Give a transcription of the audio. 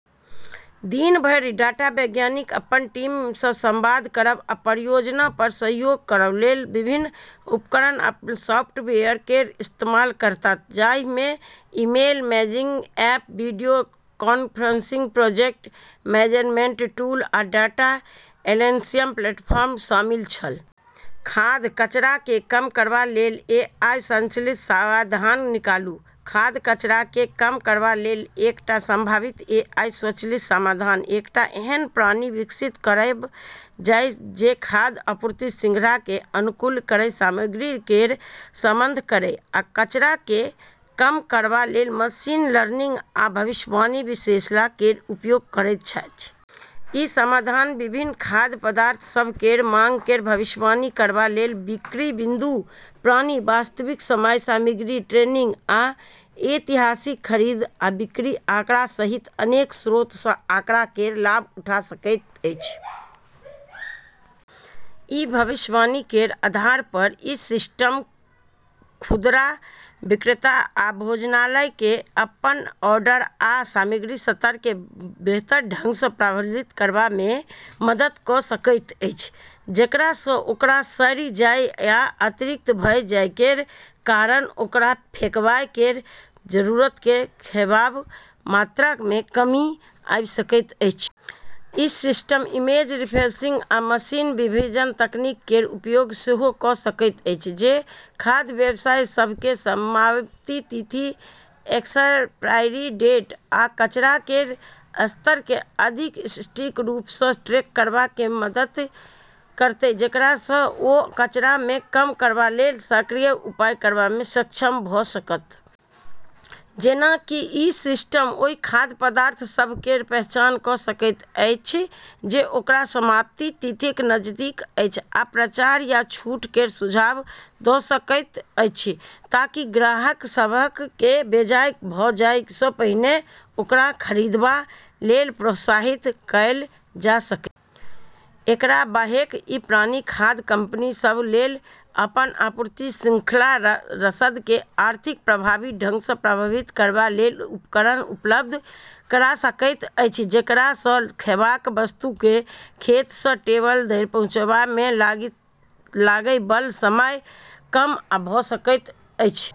दिन भरि डाटा वैज्ञानिक अपन टीम सँ संवाद करब आ परियोजना पर सहयोग करबा लेल विभिन्न उपकरण आ सॉफ्टवेयर केर इस्तेमाल करताह, जाहि मे email, messaging app, video conferencing, project management tool, आ डाटा एनालिसिस प्लेटफॉर्म शामिल छल। खाद्य कचरा केँ कम करबा लेल एआई संचालित समाधान निकालू। खाद्य कचरा केँ कम करबा लेल एकटा सम्भावित एआई संचालित समाधान एकटा एहन प्रणाली विकसित करब अछि जे खाद्य आपूर्ति श्रृंखला केँ अनुकूलित करय, सामग्री केर प्रबंधन करय आ कचरा केँ कम करबा लेल मशीन लर्निंग आ भविष्यवाणी विश्लेषण केर उपयोग करैत अछि। ई समाधान विभिन्न खाद्य पदार्थ सभ केर माँग केर भविष्यवाणी करबा लेल बिक्री बिंदु प्रणाली, वास्तविक समय सामग्री ट्रैकिंग, आ ऐतिहासिक खरीद आ बिक्री आँकड़ा सहित अनेक स्रोत सँ आँकड़ा केर लाभ उठा सकैत अछि। ई भविष्यवाणी केर आधार पर ई सिस्टम खुदरा विक्रेता आ भोजनालय केँ अपन ऑर्डर आ सामग्री स्तर केँ बेहतर ढंग सँ प्रबंधित करबा मे मदद कऽ सकैत अछि, जेकरा सँ ओकरा सड़ि जाय या अतिरिक्त भऽ जाय केर कारण ओकरा फेंकबाय केर जरूरत केर खैबाक मात्रा मे कमी आबि सकैत अछि। ई सिस्टम इमेज रिकग्निशन आ मशीन विजन तकनीक केर उपयोग सेहो कऽ सकैत अछि, जे खाद्य व्यवसाय सभ केँ समाप्ति तिथि एक्सपायरी डेट आ कचरा केर स्तर केँ अधिक सटीक रूप सँ ट्रैक करबा मे मदद करतैक, जेकरा सँ ओ कचरा केँ कम करबा लेल सक्रिय उपाय करबा मे सक्षम भऽ सकत। जेना कि ई सिस्टम ओहि खाद्य पदार्थ सभ केर पहचान कऽ सकैत अछि जे ओकर समाप्ति तिथिक नजदीक अछि आ प्रचार या छूट केर सुझाव दऽ सकैत अछि ताकि ग्राहक सभ केँ बेजाय भऽ जाय सँ पहिने ओकरा खरीदबा लेल प्रोत्साहित कएल जा सकय। एकरा बाहेक ई प्रणाली खाद्य कंपनी सभ लेल अपन आपूर्ति श्रृंखला रसद केँ अधिक प्रभावी ढंग सँ प्रबंधित करबा लेल उपकरण उपलब्ध करा सकैत अछि, जेकरा सँ खैबाक वस्तु केँ खेत सँ टेबल धरि पहुँचबाय मे लागै बला समय कम भऽ सकैत अछि।